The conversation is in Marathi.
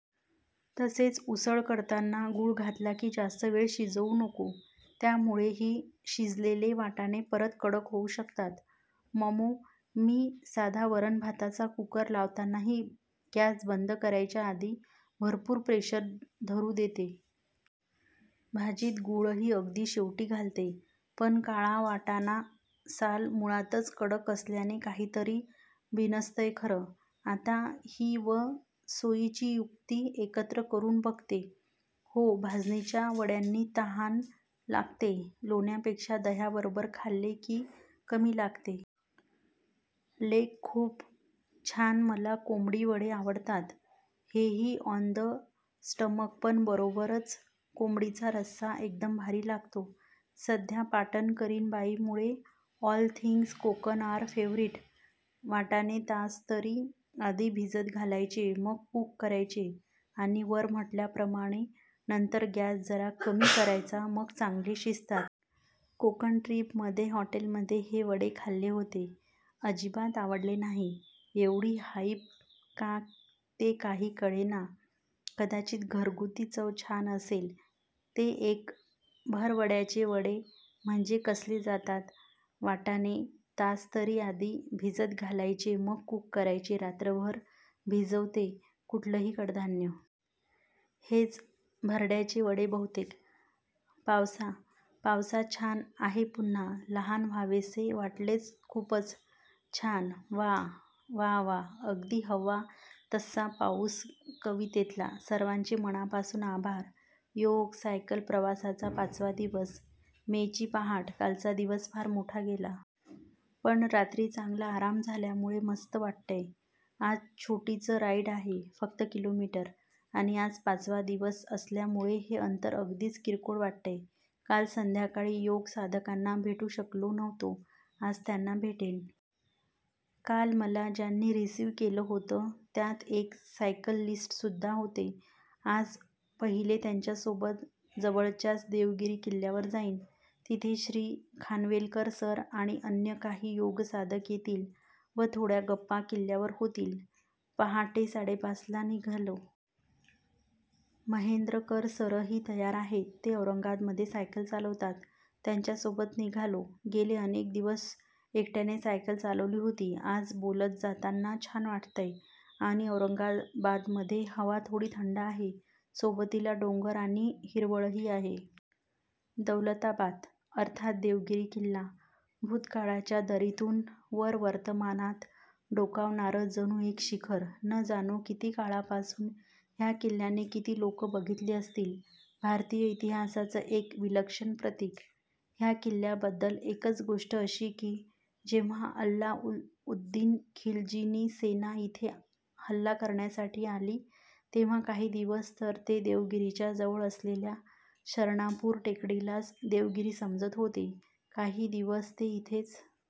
तसेच उसळ करताना गूळ घातला की जास्त वेळ शिजवू नको. त्यामुळे ही शिजलेले वाटाणे परत कडक होऊ शकतात. ममो, मी साधा वरण भाताचा कूकर लावतानाही गॅस बंद करायच्या आधी भरपूर प्रेशर धरू देते. भाजीत गूळही अगदी शेवटी घालते. पण काळा वाटाणा साल मुळातच कडक असल्याने काहितरी बिनसतंय खरं. आता ही व सायोची युक्ती एकत्र करून बघते. हो भाजणीच्या वड्यांनी तहान लागते. लोण्यापेक्षा दह्याबरोबर खाल्ले की कमी लागते. लेख खूप छान️मला कोम्ब्डी वडे आव डतात. हेवी ऑन द स्टमक पण बरोबरच कोंबडीचा रस्सा एकदम भारी लागतो. सध्या पाटण करीण बाईं मुळे all things Konkan are favourite. वाटाणे तास तरी आधी भिजत घालायचे मग कूक करायचे, आणि वर म्हटल्याप्रमाणे नंतर गॅस जरा कमी करायचा, मग चांगले शिजतात. कोकण ट्रिप मध्ये हॉटेलमध्ये हे वडे खाल्ले होते, अजिबात आवडले नाही. एवढी हाईप का ते काही कळेना! कदाचित घरगुती चव छान असेल. ते एक भरड्याचे वडे म्हणजे कसले असतात? वाटाणे तास तरी आधी भिजत घालायचे मग कूक करायचे रात्रभर भिजवते कुठलंही कडधान्य. हेच भरड्याचे वडे बहुतेक. पावसा पावसाछान आहेपुन्हा लहान व्हावेसे वाटलेखुपच छानवा वा वा अगदी हव्वा तस्सा पाऊस कवितेतला. सर्वांचे मनापासून आभार. योग- सायकल प्रवासाचा पाचवा दिवस, मे ची पहाट. कालचा दिवस फार मोठा गेला. पण रात्री चांगला आराम झाल्यामुळे मस्त वाटतंय. आज छोटीच राईड आहे- फक्त किलोमीटर. आणि आज पाचवा दिवस असल्यामुळे हे अंतर अगदीच किरकोळ वाटतंय. काल संध्याकाळी योग साधकांना भेटू शकलो नव्हतो. आज त्यांना भेटेन. काल मला ज्यांनी रिसीव्ह केलं होतं त्यात एक सायकलिस्टसुद्धा होते. आज पहिले त्यांच्यासोबत जवळच्याच देवगिरी किल्ल्यावर जाईन. तिथे श्री. खानवेलकर सर आणि अन्य काही योग साधक येतील व थोड्या गप्पा किल्ल्यावर होतील. पहाटे साडेपाचला निघालो. महेंद्रकर सरही तयार आहेत. ते औरंगाबादमध्ये सायकल चालवतात. त्यांच्यासोबत निघालो. गेले अनेक दिवस एकट्याने सायकल चालवली होती. आज बोलत जाताना छान वाटतंय. आणि औरंगाबादमध्ये हवा थोडी थंड आहे, सोबतीला डोंगर आणि हिरवळही आहे. दौलताबाद अर्थात् देवगिरी किल्ला! भूतकाळाच्या दरीतून वर वर्तमानात डोकावणारं जणू एक शिखर! न जाणे किती काळापासून ह्या किल्ल्याने किती लोक बघितले असतील! भारतीय इतिहासाचं एक विलक्षण प्रतिक! ह्या किल्ल्याबद्दल एक गोष्ट अशी की, जेव्हा अल्लाउद्दीन खिलजीची सेना इथे हल्ला करण्यासाठी आली, तेव्हा काही दिवस तर ते देवगिरीच्या जवळ असलेल्या शरणापूर टेकडीलाच देवगिरी समजत होते! काही दिवस ते इथेच